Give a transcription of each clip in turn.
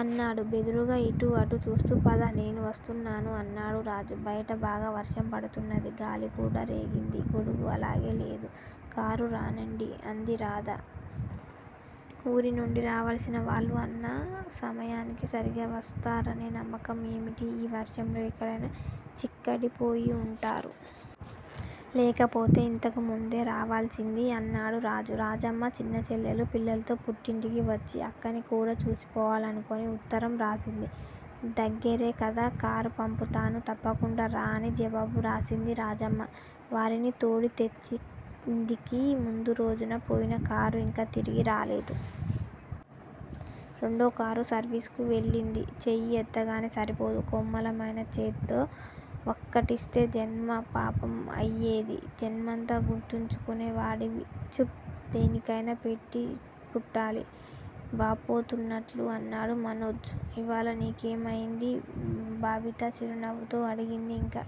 అన్నాడు బెదురుగా ఇటు అటు చూస్తూ. పద, నేనూ వస్తున్నాను అన్నాడు రాజు. బయట బాగా వర్షం పడుతున్నది. గాలికూడా రేగింది. గొడుగు ఆగేలా లేదు. కారు రానీండి అంది రాధ. ఊరినుండి రావలసినవాళ్ళు అన్న సమయానికి సరిగా వస్తారనే నమ్మకం ఏమిటి? ఈ వర్షంలో ఎక్కడైనా చిక్కడిపోయి వుంటారు. లేకపోతే ఇంతకుముందే రావలసింది అన్నాడు రాజు. రాజమ్మ చిన్నచెల్లెలు పిల్లలతో పుట్టినింటికి వచ్చి, అక్కని కూడా చూసిపోవాలనుకొని ఉత్తరం వ్రాసింది. దగ్గిరే కదా, కారు పంపుతాను, తప్పకుండా రా అని జవాబు వ్రాసింది రాజమ్మ. వారిని తోడి తెచ్చిందికి ముందురోజున పోయిన కారు ఇంకా తిరిగి రాలేదు. రెండోకారు సర్వీసుకి వెళ్ళింది. చేయి ఎత్తంగానే సరిపోదు కోమలమైన చేత్తో వక్కటిస్తే జన్మ పావనం అయ్యేది. జన్మంతా గుర్తించుకునే వాడిని ప్చ్ దేనికయినా పెట్టిపుట్టాలి. వాపోతున్నట్లు అన్నాడు మనోజు. ఇవాళ నీకేమయింది? బబిత చిరునవ్వుతో అడిగింది. ఇంకా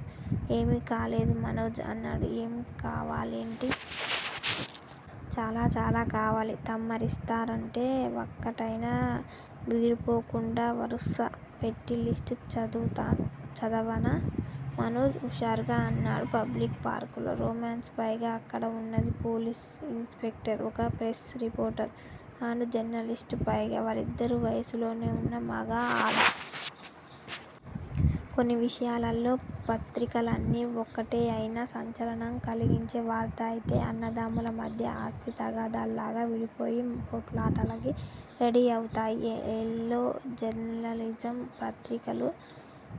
ఏమీ కాలేదు మనోజ్ అన్నాడు. ఏం కావాలేంటీ? చాలా చాలా కావాలి. తమరిస్తానంటే వక్కటైనా బీరుపోకుండా వరుసపెట్టి లిస్ట్ చదువుతాను. చదవనా! మనోజ్ ఉషారుగా అన్నాడు. పబ్లిక్ పార్కులో రొమాన్స్ పైగా అక్కడ వున్నది పోలీసు ఇన్ స్పెక్టరు. ఒక ప్రెస్ రిపోర్టర్ అండ్ జర్నలిస్ట్ పైగ వాళ్ళిద్దరూ వయసులో వున్న మగ ఆడ. కొన్ని విషయాలలో పత్రికలన్నీ ఒకటే అయినా సంచలనం కలిగించే వార్త అయితే అన్నదమ్ముల మధ్య ఆస్తి తగాదాల్లాగా విడిపోయి పోట్లాటలకి రెడీ అవుతాయి. ఎల్లో జర్నలిజం పత్రికలు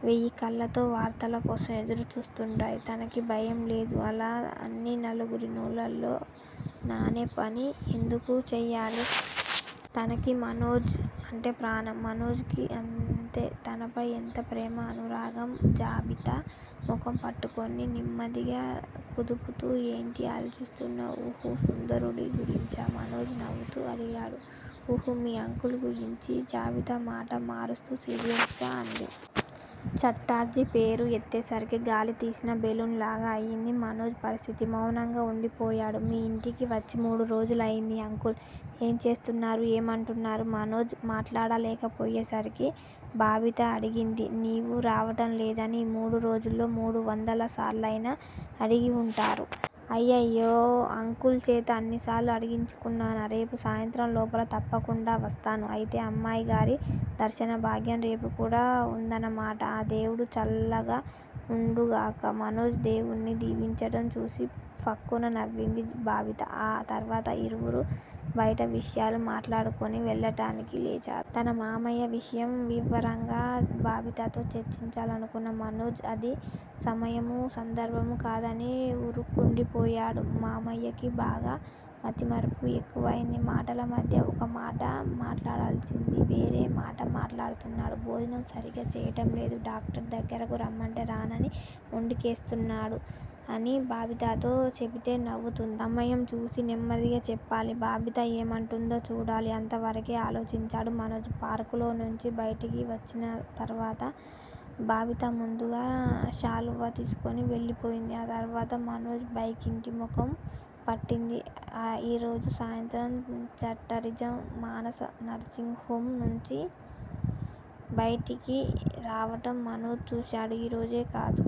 వేయికళ్ళతో వార్తల కోసం ఎదురు చూస్తుంటాయి తనకి భయంలేదు. అలా అని నలుగురి నోళ్ళలో నానేపని ఎందుకు చేయాలి! తనకి మనోక్ అంటే ప్రాణం, మనోజ్ కి అంతే తనపై ఎంతో ప్రేమ అనురాగం బబిత ముఖం పట్టుకుని నిమ్మదిగ కుదుపుతూ ఏంటి ఆలోచిస్తున్నావ్! ఊహా సుందరుడి గురించా? మనోజ్ నవ్వుతూ అడిగాడు. ఉహూ మీ అంకుల్ గురించి. బబిత మాట మారుస్తూ సీరియస్ గా అంది. ఛటర్జీ పేరు ఎత్తేసరికి గాలి తీసిన బెలూన్ లాగా అయింది మనోజ్ పరిస్థితి, మౌనంగా వుండిపోయాడు. మీ యింటికి వచ్చి మూడు రోజులు అయింది. అంకుల్ ఏం చేస్తున్నారు! ఏమంటున్నారు? మనోజ్ మాట్లాడకపోయేసరికి బబిత అడిగింది. నీవు రావటం లేదని ఈ మూడు రోజుల్లో మూడు వందల సార్లయినా అడిగివుంటారు. అయ్యెయ్యో! అంకుల్ చేత అన్నిసార్లు అడిగించుకున్నానా! రేపు సాయంత్రం లోపల తప్పకుండావస్తాను. అయితే అమ్మాయిగారి దర్శనభాగ్యం రేపు కూడా వుందన్నమాట. ఆ దేవుడు చల్లగ వుండుగాక. మనోజ్ దేముణ్ని దీవించటం చూసి ఫక్కున నవ్వింది బబిత. ఆ తర్వాత ఇరువురు బైట విషయాలు మాట్లాడుకుని వెళ్ళటానికి లేచారు. తన మామయ్య విషయం వివరంగ బబితతో చర్చించాలనుకున్న మనోజ్ అది సమయము సందర్భము కాదని ఊరుకుండిపోయాడు. మామయ్యకి బాగా మతిమరుపు ఎక్కువయింది. మాటల మధ్యలో ఒక మాట మాట్లాడాల్సింది. వేరే మాట మాట్లాడుతున్నాడు. భోజనం సరీగ చేయటంలేదు. డాక్టర్ దగ్గరకు రమ్మంటే రానని మొండికేస్తున్నాడు అని బబితతో చెపితే నవ్వుతుంది. సమయంచూసి నెమ్మదిగా చెప్పాలి. బబిత ఏమంటుందో చూడాలి అంతవరకే ఆలోచించాడు మనోజ్. పార్క్ లోంచి బైటికి వచ్చింతరువాత బబిత ముందుగా శలవు తీసుకుని వెళ్ళిపోయింది. ఆ తర్వాత మనోజ్ బైక్ ఇంటి ముఖం పట్టింది. ఈ రోజు సాయంత్రం. ఛటర్జీ. మానసా నర్సింగ్ హోమ్ నుంచి బయటకి రావటం మనోజ్ చూశాడు. ఈ రోజే కాదు